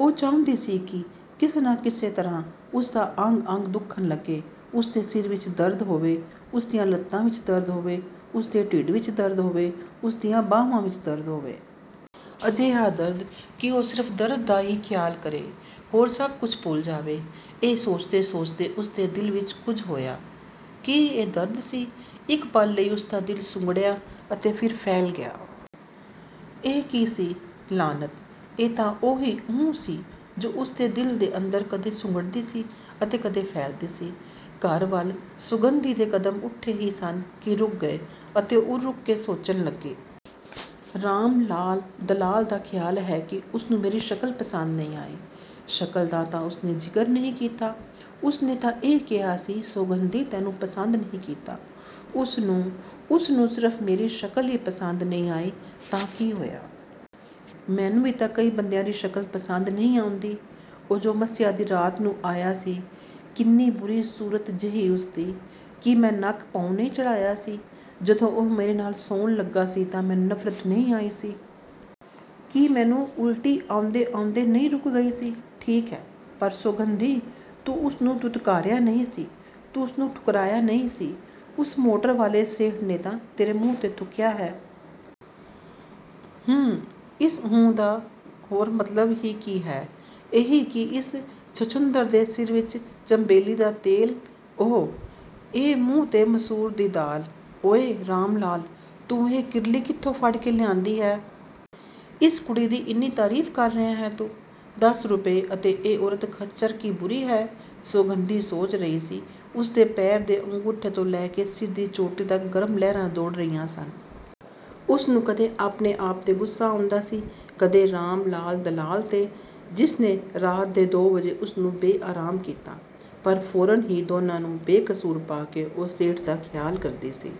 ਉਹ ਚਾਹੁੰਦੀ ਸੀ ਕਿ ਕਿਸੇ ਨਾ ਕਿਸੇ ਤਰ੍ਹਾਂ ਉਸਦਾ ਅੰਗ ਅੰਗ ਦੁੱਖਣ ਲੱਗੇ। ਉਸਦੇ ਸਿਰ ਵਿੱਚ ਦਰਦ ਹੋਵੇ, ਉਸਦੀਆਂ ਲੱਤਾਂ ਵਿੱਚ ਦਰਦ ਹੋਵੇ, ਉਸਦੇ ਢਿੱਡ ਵਿੱਚ ਦਰਦ ਹੋਵੇ, ਉਸਦੀਆਂ ਬਾਹਾਂ ਵਿੱਚ ਦਰਦ ਹੋਵੇ। ਅਜਿਹਾ ਦਰਦ ਕਿ ਉਹ ਸਿਰਫ ਦਰਦ ਦਾ ਹੀ ਖਿਆਲ ਕਰੇ, ਹੋਰ ਸਭ ਕੁਝ ਭੁੱਲ ਜਾਵੇ। ਇਹ ਸੋਚਦੇ ਸੋਚਦੇ ਉਸਦੇ ਦਿਲ ਵਿੱਚ ਕੁਝ ਹੋਇਆ। ਕੀ ਇਹ ਦਰਦ ਸੀ? ਇੱਕ ਪਲ ਲਈ ਉਸਦਾ ਦਿਲ ਸੁੰਗੜਿਆ ਅਤੇ ਫਿਰ ਫੈਲ ਗਿਆ। ਇਹ ਕੀ ਸੀ? ਲਾਹਨਤ! ਇਹ ਤਾਂ ਉਹੀ ਊਂਹ ਸੀ ਜੋ ਉਸਦੇ ਦਿਲ ਦੇ ਅੰਦਰ ਕਦੇ ਸੁੰਗੜਦੀ ਸੀ ਅਤੇ ਕਦੇ ਫੈਲਦੀ ਸੀ। ਘਰ ਵੱਲ ਸੌਗੰਧੀ ਦੇ ਕਦਮ ਉੱਠੇ ਹੀ ਸਨ ਕਿ ਰੁਕ ਗਏ ਅਤੇ ਉਹ ਰੁਕ ਕੇ ਸੋਚਣ ਲੱਗੀ। ਰਾਮ ਲਾਲ ਦਲਾਲ ਦਾ ਖਿਆਲ ਹੈ ਕਿ ਉਸਨੂੰ ਮੇਰੀ ਸ਼ਕਲ ਪਸੰਦ ਨਹੀਂ ਆਈ। ਸ਼ਕਲ ਦਾ ਤਾਂ ਉਸਨੇ ਜ਼ਿਕਰ ਨਹੀਂ ਕੀਤਾ। ਉਸਨੇ ਤਾਂ ਇਹ ਕਿਹਾ ਸੀ, ਸੌਗੰਧੀ ਤੈਨੂੰ ਪਸੰਦ ਨਹੀਂ ਕੀਤਾ। ਉਸਨੂੰ, ਉਸਨੂੰ, ਸਿਰਫ ਮੇਰੀ ਸ਼ਕਲ ਹੀ ਪਸੰਦ ਨਹੀਂ ਆਈ ਤਾਂ ਕੀ ਹੋਇਆ? ਮੈਨੂੰ ਵੀ ਤਾਂ ਕਈ ਬੰਦਿਆਂ ਦੀ ਸ਼ਕਲ ਪਸੰਦ ਨਹੀਂ ਆਉਂਦੀ। ਉਹ ਜੋ ਮੱਸਿਆ ਦੀ ਰਾਤ ਨੂੰ ਆਇਆ ਸੀ, ਕਿੰਨੀ ਬੁਰੀ ਸੂਰਤ ਜਿਹੀ ਉਸਦੀ। ਕੀ ਮੈਂ ਨੱਕ ਭੋਂ ਨਹੀਂ ਚੜ੍ਹਾਇਆ ਸੀ? ਜਦੋਂ ਉਹ ਮੇਰੇ ਨਾਲ ਸੌਣ ਲੱਗਾ ਸੀ ਤਾਂ ਮੈਨੂੰ ਨਫਰਤ ਨਹੀਂ ਆਈ ਸੀ? ਕੀ ਮੈਨੂੰ ਉਲਟੀ ਆਉਂਦੇ ਆਉਂਦੇ ਨਹੀਂ ਰੁਕ ਗਈ ਸੀ? ਠੀਕ ਹੈ, ਪਰ ਸੌਗੰਧੀ, ਤੂੰ ਉਸਨੂੰ ਧੁਤਕਾਰਿਆ ਨਹੀਂ ਸੀ। ਤੂੰ ਉਸਨੂੰ ਠੁਕਰਾਇਆ ਨਹੀਂ ਸੀ। ਉਸ ਮੋਟਰ ਵਾਲੇ ਸੇਠ ਨੇ ਤਾਂ ਤੇਰੇ ਮੂੰਹ ਤੇ ਥੁੱਕਿਆ ਹੈ। ਊਂਹ। ਇਸ ਊਂਹ ਦਾ ਹੋਰ ਮਤਲਬ ਹੀ ਕੀ ਹੈ? ਇਹੀ ਕਿ ਇਸ ਛੱਛੂੰਦਰ ਦੇ ਸਿਰ ਵਿੱਚ ਚੰਬੇਲੀ ਦਾ ਤੇਲ, ਉਹ, ਇਹ ਮੂੰਹ ਅਤੇ ਮਸੂਰ ਦੀ ਦਾਲ। ਓਏ ਰਾਮਲਾਲ, ਤੂੰ ਇਹ ਕਿਰਲੀ ਕਿੱਥੋਂ ਫੜ ਕੇ ਲਿਆਂਦੀ ਹੈ? ਇਸ ਕੁੜੀ ਦੀ ਇੰਨੀ ਤਾਰੀਫ ਕਰ ਰਿਹਾ ਹੈ ਤੂੰ, ਦਸ ਰੁਪਏ ਅਤੇ ਇਹ ਔਰਤ ਖੱਚਰ ਕੀ ਬੁਰੀ ਹੈ। ਸੌਗੰਧੀ ਸੋਚ ਰਹੀ ਸੀ ਅਤੇ ਉਸਦੇ ਪੈਰ ਦੇ ਅੰਗੂਠੇ ਤੋਂ ਲੈ ਕੇ ਸਿਰ ਦੀ ਚੋਟੀ ਤੱਕ ਗਰਮ ਲਹਿਰਾਂ ਦੌੜ ਰਹੀਆਂ ਸਨ। ਉਸਨੂੰ ਕਦੇ ਆਪਣੇ ਆਪ ਤੇ ਗੁੱਸਾ ਆਉਂਦਾ ਸੀ, ਕਦੇ ਰਾਮਲਾਲ ਦਲਾਲ ਤੇ ਜਿਸ ਨੇ ਰਾਤ ਦੇ ਦੋ ਵਜੇ ਉਸਨੂੰ ਬੇਆਰਾਮ ਕੀਤਾ। ਪਰ ਫੌਰਨ ਹੀ ਦੋਨਾਂ ਨੂੰ ਬੇਕਸੂਰ ਪਾ ਕੇ ਉਹ ਸੇਠ ਦਾ ਖਿਆਲ ਕਰਦੀ ਸੀ।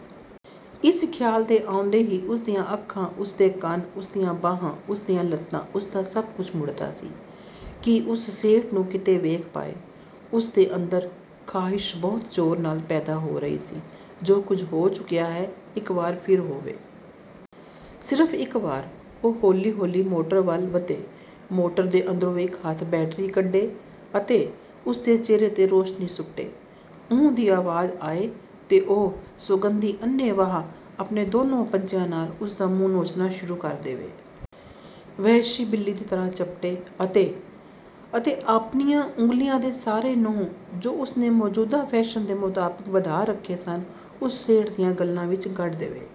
ਇਸ ਖਿਆਲ ਦੇ ਆਉਂਦੇ ਹੀ ਉਸਦੀਆਂ ਅੱਖਾਂ, ਉਸਦੇ ਕੰਨ, ਉਸਦੀਆਂ ਬਾਹਾਂ, ਉਸਦੀਆਂ ਲੱਤਾਂ, ਉਸਦਾ ਸਭ ਕੁਝ ਮੁੜਦਾ ਸੀ ਕਿ ਉਸ ਸੇਠ ਨੂੰ ਕਿਤੇ ਵੇਖ ਪਾਏ। ਉਸਦੇ ਅੰਦਰ ਖਾਹਿਸ਼ ਬਹੁਤ ਜ਼ੋਰ ਨਾਲ ਪੈਦਾ ਹੋ ਰਹੀ ਸੀ ਕਿ ਜੋ ਕੁਝ ਹੋ ਚੁੱਕਿਆ ਹੈ, ਇੱਕ ਵਾਰ ਫਿਰ ਹੋਵੇ। ਸਿਰਫ ਇੱਕ ਵਾਰ। ਉਹ ਹੌਲੀ ਹੌਲੀ ਮੋਟਰ ਵੱਲ ਵਧੇ। ਮੋਟਰ ਦੇ ਅੰਦਰੋਂ ਇੱਕ ਹੱਥ ਬੈਟਰੀ ਕੱਢੇ ਅਤੇ ਉਸਦੇ ਚਿਹਰੇ ਤੇ ਰੌਸ਼ਨੀ ਸੁੱਟੇ। ਊਂਹ ਦੀ ਆਵਾਜ਼ ਆਏ ਅਤੇ ਉਹ। ਸੌਗੰਧੀ ਅੰਨ੍ਹੇਵਾਹ ਆਪਣੇ ਦੋਨਾਂ ਪੰਜਿਆਂ ਨਾਲ ਉਸਦਾ ਮੂੰਹ ਨੋਚਣਾ ਸ਼ੁਰੂ ਕਰ ਦੇਵੇ। ਵਹਿਸ਼ੀ ਬਿੱਲੀ ਦੀ ਤਰ੍ਹਾਂ ਝਪਟੇ ਅਤੇ, ਅਤੇ ਆਪਣੀਆਂ ਉਂਗਲੀਆਂ ਦੇ ਸਾਰੇ ਨਹੁੰ ਜੋ ਉਸਨੇ ਮੌਜੂਦਾ ਫੈਸ਼ਨ ਦੇ ਮੁਤਾਬਕ ਵਧਾ ਰੱਖੇ ਸਨ, ਉਸ ਸੇਠ ਦੀਆਂ ਗੱਲਾਂ ਵਿੱਚ ਗੱਡ ਦੇਵੇ।